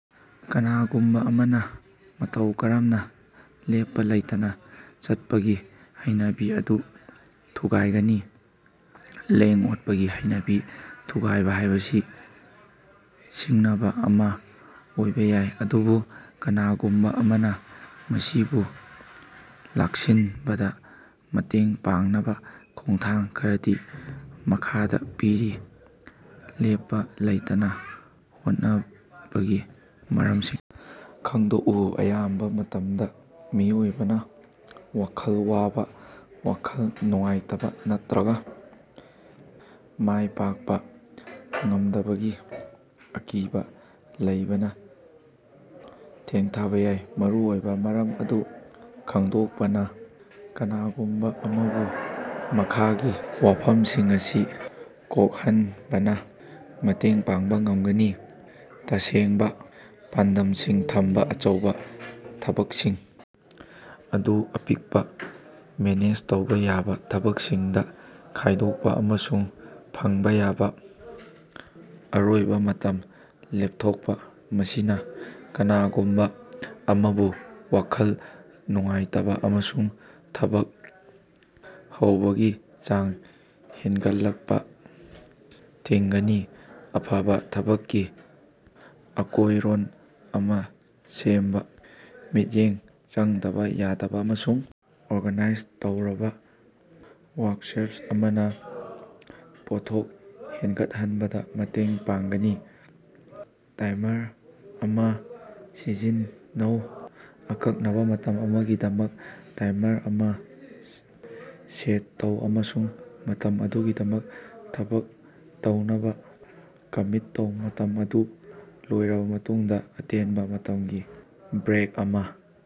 ꯀꯅꯥꯒꯨꯝꯕꯥ ꯑꯃꯅꯥ ꯃꯇꯧ ꯀꯔꯝꯅꯥ ꯂꯦꯞꯄ ꯂꯩꯇꯅ ꯆꯠꯄꯒꯤ ꯍꯩꯅꯕꯤ ꯑꯗꯨ ꯊꯨꯒꯥꯏꯒꯅꯤ? ꯂꯦꯡ-ꯑꯣꯠꯄꯒꯤ ꯍꯩꯅꯕꯤ ꯊꯨꯒꯥꯏꯕ ꯍꯥꯏꯕꯁꯤ ꯁꯤꯡꯅꯕ ꯑꯃꯥ ꯑꯣꯏꯕ ꯌꯥꯏ, ꯑꯗꯨꯕꯨ ꯀꯅꯥꯒꯨꯝꯕ ꯑꯃꯅꯥ ꯃꯁꯤꯕꯨ ꯂꯥꯛꯁꯤꯟꯕꯗ ꯃꯇꯦꯡ ꯄꯥꯡꯅꯕ ꯈꯣꯡꯊꯥꯡ ꯈꯔꯗꯤ ꯃꯈꯥꯗꯥ ꯄꯤꯔꯤ: ꯂꯦꯞꯄꯥ ꯂꯩꯇꯅ ꯍꯣꯠꯅꯕꯒꯤ ꯃꯔꯝꯁꯤꯡ ꯈꯪꯗꯣꯛꯎ: ꯑꯌꯥꯝꯕ ꯃꯇꯝꯗ ꯃꯤꯑꯣꯏꯕꯅ ꯋꯥꯈꯜ ꯋꯥꯕ, ꯋꯥꯈꯜ ꯅꯨꯡꯉꯥꯏꯇꯕ ꯅꯠꯇꯔꯒ ꯃꯥꯏꯄꯥꯛꯄ ꯉꯝꯗꯕꯒꯤ ꯑꯀꯤꯕ ꯂꯩꯕꯅ ꯊꯦꯡꯊꯕꯥ ꯌꯥꯏ꯫ ꯃꯔꯨꯑꯣꯏꯕ ꯃꯔꯝ ꯑꯗꯨ ꯈꯪꯗꯣꯛꯄꯅꯥ ꯀꯅꯥꯒꯨꯝꯕ ꯑꯃꯕꯨ ꯃꯈꯥꯒꯤ ꯋꯥꯐꯝꯁꯤꯡ ꯑꯁꯤ ꯀꯣꯛꯍꯟꯕꯗ ꯃꯇꯦꯡ ꯄꯥꯡꯕ ꯉꯝꯒꯅꯤ꯫ ꯇꯁꯦꯡꯕꯥ ꯄꯥꯟꯗꯝꯁꯤꯡ ꯊꯝꯕ: ꯑꯆꯧꯕ ꯊꯕꯛꯁꯤꯡ ꯑꯗꯨ ꯑꯄꯤꯛꯄ, ꯃꯦꯅꯦꯖ ꯇꯧꯕ ꯌꯥꯕꯥ ꯊꯕꯛꯁꯤꯡꯗ ꯈꯥꯏꯗꯣꯛꯄꯥ ꯑꯃꯁꯨꯡ ꯐꯪꯕ ꯌꯥꯕ ꯑꯔꯣꯏꯕ ꯃꯇꯝ ꯂꯦꯞꯊꯣꯛꯄꯥ꯫ ꯃꯁꯤꯅ ꯀꯅꯥꯒꯨꯝꯕ ꯑꯃꯕꯨ ꯋꯥꯈꯜ ꯅꯨꯡꯉꯥꯏꯇꯕ ꯑꯃꯁꯨꯡ ꯊꯕꯛ ꯍꯧꯕꯒꯤ ꯆꯥꯡ ꯍꯦꯟꯒꯠꯂꯛꯄꯥ ꯊꯤꯡꯒꯅꯤ꯫ ꯑꯐꯕꯥ ꯊꯕꯛꯀꯤ ꯑꯀꯣꯏꯔꯣꯟ ꯑꯃꯥ ꯁꯦꯝꯕ: ꯃꯤꯠꯌꯦꯡ ꯆꯪꯗꯕ ꯌꯥꯗꯕ ꯑꯃꯁꯨꯡ ꯑꯣꯔꯒꯥꯅꯥꯏꯖ ꯇꯧꯔꯕ ꯋꯥꯔꯛꯁ꯭ꯄꯦꯁ ꯑꯃꯅ ꯄꯣꯠꯊꯣꯛ ꯍꯦꯟꯒꯠꯍꯟꯕꯗꯥ ꯃꯇꯦꯡ ꯄꯥꯡꯒꯅꯤ꯫ ꯇꯥꯏꯃꯔ ꯑꯃꯥ ꯁꯤꯖꯤꯟꯅꯧ: ꯑꯀꯛꯅꯕꯥ ꯃꯇꯝ ꯑꯃꯒꯤꯗꯃꯛ ꯇꯥꯏꯃꯔ ꯑꯃꯥ ꯁꯦꯠ ꯇꯧ ꯑꯃꯁꯨꯡ ꯃꯇꯝ ꯑꯗꯨꯒꯤꯗꯃꯛ ꯊꯕꯛ ꯇꯧꯅꯕꯥ ꯀꯃꯤꯠ ꯇꯧ꯫ ꯃꯇꯝ ꯑꯗꯨ ꯂꯣꯏꯔꯕ ꯃꯇꯨꯡꯗ, ꯑꯇꯦꯟꯕ ꯃꯇꯝꯒꯤ ꯕ꯭ꯔꯦꯛ ꯑꯃꯥ